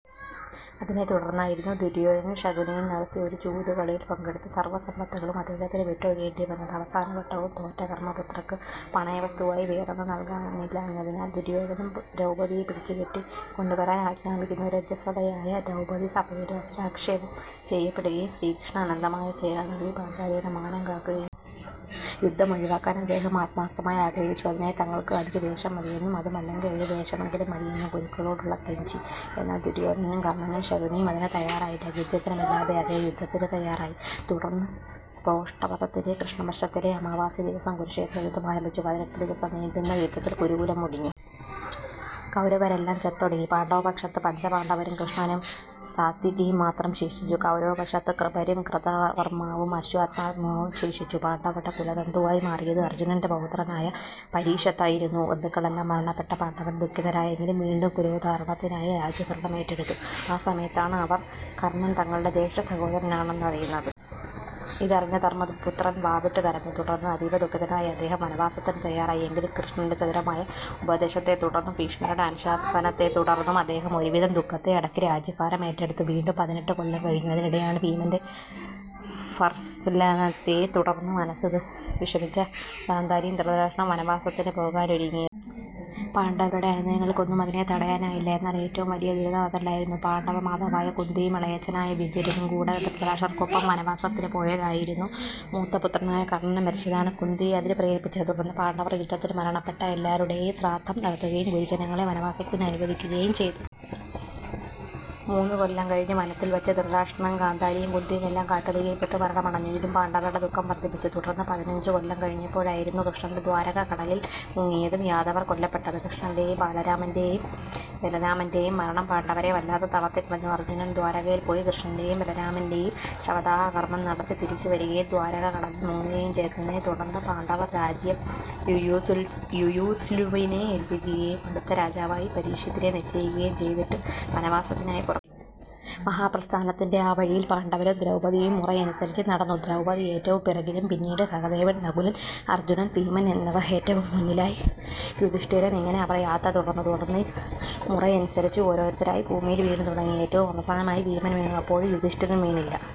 അതിനെത്തുടർന്നായിരുന്നു ദുര്യോധനനും ശകുനിയും നടത്തിയ ഒരു ചൂതുകളിയിൽ പങ്കെടുത്തു സർവ്വസമ്പത്തുകളും അദ്ദേഹത്തിന് വിട്ടൊഴിയേണ്ടി വന്നത്. അവസാന വട്ടവും തോറ്റ ധര്മപുത്രർക്ക്, പണയ വസ്തുവായി വേറൊന്നും നല്കാനില്ലാഞ്ഞതിനാൽ ദുര്യോധനൻ ദ്രൗപദിയെ പിടിച്ചു കെട്ടി കൊണ്ടുവരാൻ ആജ്ഞാപിക്കുന്നു. രജസ്വലയായ ദ്രൗപദി സഭയിൽ വസ്ത്രക്ഷേപം ചെയ്യപ്പെടുകയും, ശ്രീകൃഷ്ണൻ അനന്തമായ ചേല നൽകി പാഞ്ചാലിയുടെ മാനം കാക്കുകയും ചെയ്യുന്നു. യുദ്ധമൊഴിവാക്കാൻ അദ്ദേഹം ആത്മാർത്ഥമായി ആഗ്രഹിച്ചു. അതിനായി തങ്ങൾക്കു അഞ്ചു ദേശം മതിയെന്നും അതുമല്ലെങ്കിൽ ഒരു ദേശമെങ്കിലും മതിയെന്നും കുരുക്കളോടു കെഞ്ചി. എന്നാൽ ദുര്യോധനനും കർണ്ണനും ശകുനിയും അതിനു തയ്യാറായില്ല. ഗത്യന്തരമില്ലാതെ അദ്ദേഹം യുദ്ധത്തിന് തയ്യാറായി. തുടർന്ന് പ്രോഷ്ഠപദത്തിലെ കൃഷ്ണപക്ഷത്തിലെ അമാവാസി ദിവസം കുരുക്ഷേത്രയുദ്ധം ആരംഭിച്ചു. പതിനെട്ടു ദിവസം നീണ്ടുനിന്ന യുദ്ധത്തിൽ കുരുകുലം മുടിഞ്ഞു. കൗരവരെല്ലാം ചത്തൊടുങ്ങി. പാണ്ഡവപക്ഷത്തു പഞ്ചപാണ്ഡവരും കൃഷ്ണനും സാത്യകിയും മാത്രം ശേഷിച്ചു. കൗരവപക്ഷത്തു കൃപരും, കൃതവർമ്മാവും, അശ്വത്ഥാമാവും ശേഷിച്ചു. പാണ്ഡവരുടെ കുലതന്തുവായി മാറിയത് അർജ്ജുനന്റെ പൗത്രനായ പരീക്ഷിത്തായിരുന്നു. ബന്ധുക്കളെല്ലാം മരണപ്പെട്ട പാണ്ഡവർ ദുഃഖിതരായെങ്കിലും വീണ്ടും കുലോദ്ധാരണത്തിനായി രാജ്യഭരണം ഏറ്റെടുത്തു. ആ സമയത്താണ് അവർ കർണ്ണൻ തങ്ങളുടെ ജ്യേഷ്ഠസഹോദരൻ ആണെന്നറിയുന്നതു. ഇതറിഞ്ഞ ധർമ്മപുത്രർ വാവിട്ടു കരഞ്ഞു. തുടർന്ന് അതീവദുഃഖിതനായ അദ്ദേഹം വനവാസത്തിനു തയ്യാറായി. എങ്കിലും കൃഷ്ണന്റെ ചതുരമായ ഉപദേശത്തെത്തുടർന്നും, ഭീഷ്മരുടെ അനുശാസനത്തെത്തുടർന്നും അദ്ദേഹം ഒരുവിധം ദുഃഖത്തെ അടക്കി രാജ്യഭാരം ഏറ്റെടുത്തു. വീണ്ടും പതിനെട്ടു കൊല്ലം കഴിഞ്ഞു. അതിനിടെയാണ് ഭീമന്റെ ഭർത്സനത്തെ തുടർന്നു മനസ്സ് വിഷമിച്ച ഗാന്ധാരിയും ധൃതരാഷ്ട്രരും വനവാസത്തിനു പോകാനൊരുങ്ങിയത്. പാണ്ഡവരുടെ അനുനയങ്ങൾക്കൊന്നും അതിനെ തടയാനായില്ല. എന്നാൽ ഏറ്റവും വലിയ ദുരിതം അതല്ലായിരുന്നു. പാണ്ഡവമാതാവായ കുന്തിയും, ഇളയച്ഛനായ വിദുരരും കൂടെ ധൃതരാഷ്ട്രര്ക്കൊപ്പം വനവാസത്തിനു പോയതായിരുന്നത്. മൂത്തപുത്രനായ കർണ്ണൻ മരിച്ചതാണ് കുന്തിയെ അതിനു പ്രേരിപ്പിച്ചത്. തുടർന്ന് പാണ്ഡവർ യുദ്ധത്തിൽ മരണപ്പെട്ട എല്ലാരുടെയും ശ്രാദ്ധം നടത്തുകയും ഗുരുജനങ്ങളെ വനവാസത്തിനു അനുവദിക്കുകയും ചെയ്തു. മൂന്നുകൊല്ലം കഴിഞ്ഞു, വനത്തിൽ വച്ച് ധൃതരാഷ്ട്രരും ഗാന്ധാരിയും കുന്തിയുമെല്ലാം കാട്ടുതീയിൽപ്പെട്ടു മരണമടഞ്ഞു. ഇതും പാണ്ഡവരുടെ ദുഃഖം വർദ്ധിപ്പിച്ചു. തുടർന്ന് പതിനഞ്ചു കൊല്ലം കഴിഞ്ഞപ്പോഴായിരുന്നു കൃഷ്ണന്റെ ദ്വാരക കടലിൽ മുങ്ങിയതും യാദവർ കൊല്ലപ്പെട്ടതും. കൃഷ്ണന്റെയും ബാലരാമന്റെയും മരണം പാണ്ഡവരെ വല്ലാതെ തളർത്തിക്കളഞ്ഞു. അർജ്ജുനൻ ദ്വാരകയിൽ പോയി കൃഷ്ണന്റെയും ബാലരാമന്റെയും ശവദാഹകർമ്മം നടത്തി തിരിച്ചു വരികയും ദ്വാരക കടലിൽ മുങ്ങുകയും ചെയ്തതിനെ തുടർന്ന് പാണ്ഡവർ രാജ്യം യുയുത്സുവിനെ ഏൽപ്പിക്കുകയും അടുത്ത രാജാവായി പരീക്ഷിത്തിനെ നിശ്ചയിക്കുകയും ചെയ്തിട്ട് വനവാസത്തിനായി പുറപ്പെട്ടു. മഹാപ്രസ്ഥാനത്തിന്റെ ആ വഴിയിൽ പാണ്ഡവരും ദ്രൗപദിയും മുറയനുസരിച്ച് നടന്നു. ദ്രൗപദി ഏറ്റവും പിറകിലും പിന്നീട് സഹദേവൻ, നകുലൻ, അർജ്ജുനൻ, ഭീമൻ ഏറ്റവും മുന്നിലായി യുധിഷ്ഠിരൻ ഇങ്ങനെ അവർ യാത്ര തുടർന്നു. തുടർന്ന് മുറയനുസരിച്ച് ഓരോരുത്തരായി ഭൂമിയിൽ വീണു തുടങ്ങി. ഏറ്റവും അവസാനമായി ഭീമൻ വീണു. അപ്പോഴും യുധിഷ്ഠിരൻ വീണില്ല.